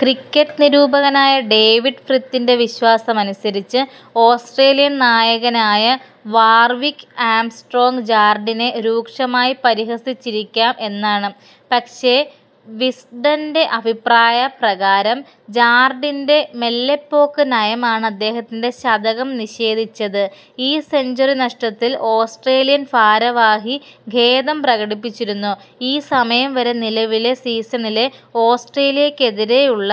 Cricket നിരൂപകനായ David ഫ്രിത്തിൻ്റെ വിശ്വാസമനുസരിച്ച് ഓസ്ട്രേലിയൻ നായകനായ വാർവിക് ആംസ്ട്രോംഗ് ജാർഡീനെ രൂക്ഷമായി പരിഹസിച്ചിരിക്കാം എന്നാണ്. പക്ഷെ വിസ്ഡൻ്റെ അഭിപ്രായ പ്രകാരം ജാർഡീൻ്റെ മെല്ലെപ്പോക്ക് നയമാണ് അദ്ദേഹത്തിൻ ശതകം നിഷേധിച്ചത്. ഈ സെഞ്ച്വറി നഷ്ടത്തിൽ ഓസ്ട്രേലിയൻ ഭാരവാഹി ഖേദം പ്രകടിപ്പിച്ചിരുന്നു. ഈ സമയം വരെ നിലവിലെ സീസണിലെ ഓസ്ട്രേലിയക്കെതിരെയുള്ള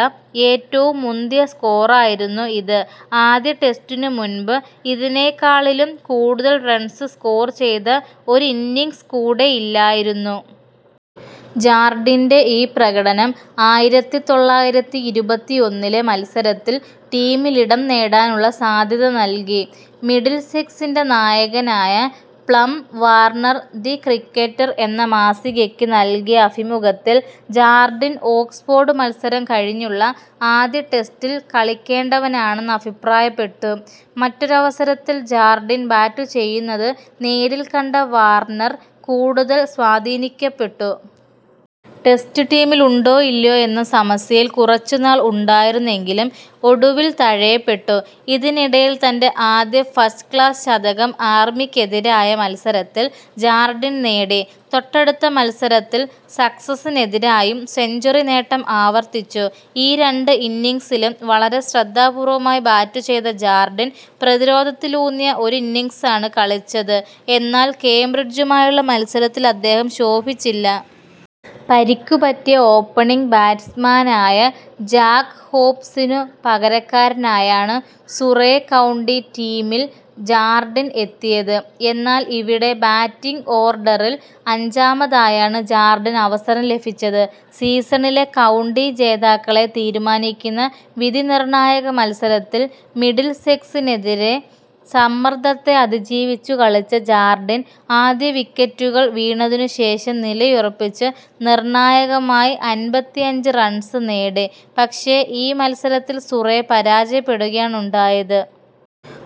ഏറ്റവും മുന്തിയ സ്കോറായിരുന്നു ഇത്, ആദ്യ ടെസ്റ്റിനു മുൻപ് ഇതിനേക്കാളിലും കൂടുതൽ റൺസ് സ്കോർ ചെയ്ത ഒരിന്നിംഗ്സ് കൂടെയില്ലായിരുന്നു. ജാർഡീൻ്റെ ഈ പ്രകടനം ആയിരത്തിതൊള്ളായിരത്തിഇരുപത്തിഒന്നിലെ മത്സരത്തിൽ ടീമിലിടം നേടാനുള്ള സാധ്യത നൽകി. മിഡിൽസെക്സിൻ്റെ നായകനായ പ്ലം വാർനർ ദി ക്രിക്കറ്റർ എന്ന മാസികയ്ക്ക് നൽകിയ അഭിമുഖത്തിൽ ജാർഡീൻ ഓക്സ്ഫോർഡ് മത്സരം കഴിഞ്ഞുള്ള ആദ്യ ടെസ്റ്റിൽ കളിക്കേണ്ടവനാണെന്ന് അഭിപ്രായപ്പെട്ടു. മറ്റൊരവസരത്തിൽ ജാർഡീൻ ബാറ്റുചെയ്യുന്നത് നേരിൽക്കണ്ട വാർനർ കൂടുതൽ സ്വാധീനിക്കുപ്പെട്ടു. ടെസ്റ്റ് ടീമിൽ ഉണ്ടോ ഇല്ലയോ എന്ന സമസ്യയിൽ കുറച്ച് നാൾ ഉണ്ടായിരുന്നെങ്കിലും ഒടുവിൽ തഴയപ്പെട്ടു, ഇതിനിടയിൽ തൻ്റെ ആദ്യ ഫസ്റ്റ് ക്ലാസ് ശതകം ആർമിക്കെതിരായ മത്സരത്തിൽ ജാർഡീൻ നേടി, തൊട്ടടുത്ത മത്സരത്തിൽ സസെക്സിനെതിരായും സെഞ്ച്വറി നേട്ടം ആവർത്തിച്ചു. ഈ രണ്ട് ഇന്നിംഗ്സിലും വളരെ ശ്രദ്ധാ പൂർവ്വമായി ബാറ്റു ചെയ്ത ജാർഡിൻ പ്രതിരോധത്തിലൂന്നിയ ഒരിന്നൊഗ്സാണ് കളിച്ചത്, എന്നാൽ കേംബ്രിഡ്ജുമായുള്ള മത്സരത്തിൽ അദ്ദേഹം ശോഭിച്ചില്ല. പരിക്കു പറ്റിയ ഓപ്പണിംഗ് ബാറ്റ്സ്മാനായ ജാക് ഹോബ്സിനു പകരക്കാരനായാണ് സുറൈ കൗണ്ടി ടീമിൽ ജാർഡീൻ എത്തിയത്, എന്നാൽ ഇവിടെ ബാറ്റിംഗ് ഓർഡറിൽ അഞ്ചാമതായാണ് ജാർഡിനവസരം ലഭിച്ചത്. സീസണിലെ കൗണ്ടി ജേതാക്കാളെ തീരുമാനിക്കുന്ന വിധിനിർണ്ണായക മത്സരത്തിൽ മിഡിൽസെക്സിനെതിരെ സമ്മർദ്ദത്തെ അതി ജീവിച്ചു കളിച്ച ജാർഡീൻ ആദ്യ വിക്കറ്റുകൾ വീണതിനു ശേഷം നിലയുറപ്പിച്ച് നിർണ്ണായകമായി അൻപത്തിഅഞ്ച് റൺസ് നേടി, പക്ഷെ ഈ മത്സരത്തിൽ സുറൈ പരാജയപ്പെടുകയാണുണ്ടായത്.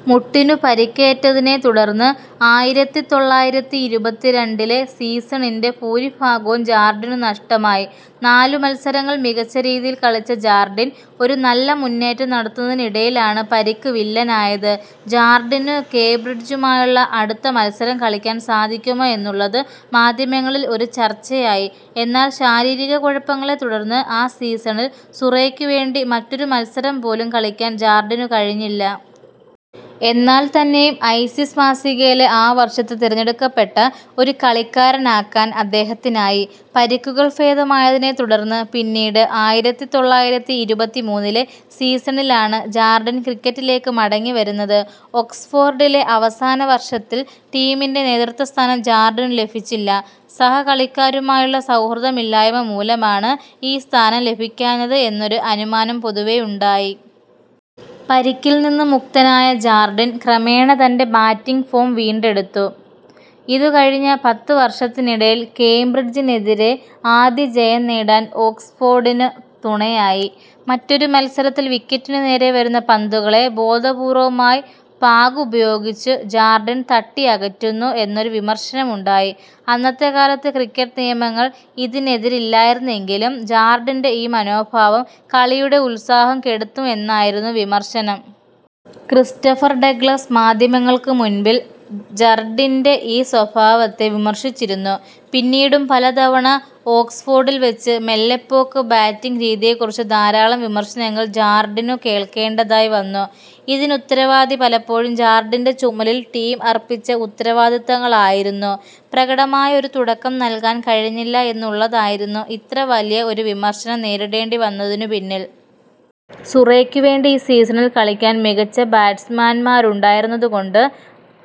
മുട്ടിനു പരിക്കേറ്റതിനെ തുടർന്ന് ആയിരത്തിതൊള്ളായിരത്തിഇരുപത്തിരണ്ടിലെ സീസണിൻ്റെ ഭൂരിഭാഗവും ജാർഡീനു നഷ്ടമായി, നാലു മത്സരങ്ങൾ മികച്ച രീതിയിൽ കളിച്ച ജാർഡീൻ ഒരു നല്ല മുന്നേറ്റം നടത്തുന്നതിനിടയിലാണ് പരിക്ക് വില്ലനായത്. ജാർഡീനു കേബ്രിഡ്ജുമായുള്ള അടുത്ത മത്സരം കളിയ്ക്കാൻ സാധിക്കുമോ എന്നുള്ളത് മാധ്യമങ്ങളിൽ ഒരു ചർച്ചയായി, എന്നാൽ ശാരീരക കുഴപ്പങ്ങളെ തുടർന്ന് ആ സീസണിൽ സുറൈക്കു വേണ്ടി മറ്റൊരു മത്സരം പോലും കളിയ്ക്കാൻ ജാർഡീനു കഴിഞ്ഞില്ല. എന്നാൽ തന്നെയും ഐസിസ് മാസികയിലെ ആ വർഷത്തെ തിരഞ്ഞെടുക്കപ്പെട്ട ഒരു കളിക്കാരനാക്കാൻ അദ്ദേഹത്തിനായി. പരിക്കുകൾ ഭേദമായതിനെ തുടർന്ന് പിന്നീട് ആയിരത്തിതൊള്ളായിരത്തിഇരുപത്തിമൂന്നിലെ സീസണിലാണ് ജാർഡീൻ ക്രിക്കറ്റിലേക്ക് മടങ്ങി വരുന്നത്. ഒക്സ്ഫോർഡിലെ അവസാന വർഷത്തിൽ ടീമിൻ്റെ നേതൃസ്ഥാനം ജാർഡീനു ലഭിച്ചില്ല, സഹകളിക്കരുമായുള്ള സൗഹൃദയില്ലായ്മ മൂലമാണ് ഈ സ്ഥാനം ലഭിക്കാഞ്ഞത് എന്നൊരു അനുമാനം പൊതുവെ ഉണ്ടായി. പരിക്കിൽ നിന്നു മുക്തനായ ജാർഡീൻ ക്രമേണ തൻ്റെ ബാറ്റിംഗ് ഫോം വീണ്ടെടുത്തു, ഇത് കഴിഞ്ഞ പത്ത് വർഷത്തിനിടയിൽ കേംബ്രിഡ്ജിനെതിരെ ആദ്യ ജയം നേടാൻ ഓക്സ്ഫോർഡീനു തുണയായി. മറ്റൊരു മത്സരത്തിൽ വിക്കറ്റിനു നേരെ വരുന്ന പന്തുകളെ ബോധപൂർവ്വമായി പാഗ്ഗുപയോഗിച്ച് ജാർഡീൻ തട്ടിയകറ്റുന്നു എന്നൊരു വിമർശനം ഉണ്ടായി, അന്നത്തെക്കാലത്ത് ക്രിക്കറ്റ് നിയമങ്ങൾ ഇതിനെതിരല്ലായിരുന്നെങ്കിലും ജാർഡീൻ്റെ ഈ മനോഭാവം കളിയുടെ ഉത്സാഹം കെടുത്തും എന്നായിരുന്നു വിമർശനം. ക്രിസ്റ്റഫർ ഡഗ്ലസ് മാധ്യമങ്ങൾക്കു മുൻപിൽ ജർഡീൻ്റെ ഈ സ്വഭാവത്തെ വിമർശിച്ചിരുന്നു. പിന്നീടും പലതവണ ഓക്സ്ഫോർഡിൽ വച്ച് മെല്ലെപ്പോക്ക് ബാറ്റിംഗ് രീതിയെക്കുറിച്ച് ധാരാളം വിമർശനങ്ങൾ ജാർഡീനു കേൾക്കേണ്ടതായി വന്നു. ഇതിനുത്തരവാദി പലപ്പോഴും ജാർഡീൻ്റെ ചുമലിൽ ടീം അർപ്പിച്ച ഉത്തരവാദിത്തങ്ങളായിരുന്നു. പ്രകടമായ ഒരു തുടക്കം നൽകാൻ കഴിഞ്ഞില്ല എന്നുള്ളതായിരുന്നു ഇത്ര വലിയ ഒരു വിമർശനം നേരിടേണ്ടി വന്നതിനു പിന്നിൽ. സുറൈക്കു വേണ്ടി ഈ സീസണിൽ കളിക്കാൻ മികച്ച ബാറ്റ്സ്മാന്മാരുണ്ടായിരുന്നതുകൊണ്ട്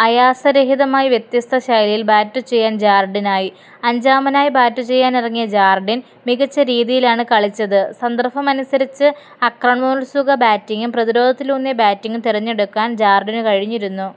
അയാസരഹിതമായി വ്യത്യസ്ത ശൈലിയിൽ ബാറ്റു ചെയ്യാൻ ജാർഡീനായി. അഞ്ചാമനായി ബാറ്റു ചെയ്യാനിറങ്ങിയ ജാർഡീൻ മികച്ച രീതിയിലാണ് കളിച്ചത്, സന്ദർഭമനുസരിച്ച് അക്രമണോത്സുക ബാറ്റിംഗും പ്രതിരോധത്തിലൂന്നിയ ബാറ്റിംഗും തിരഞ്ഞെടുക്കാൻ ജാർഡീന് കഴിഞ്ഞിരുന്നു.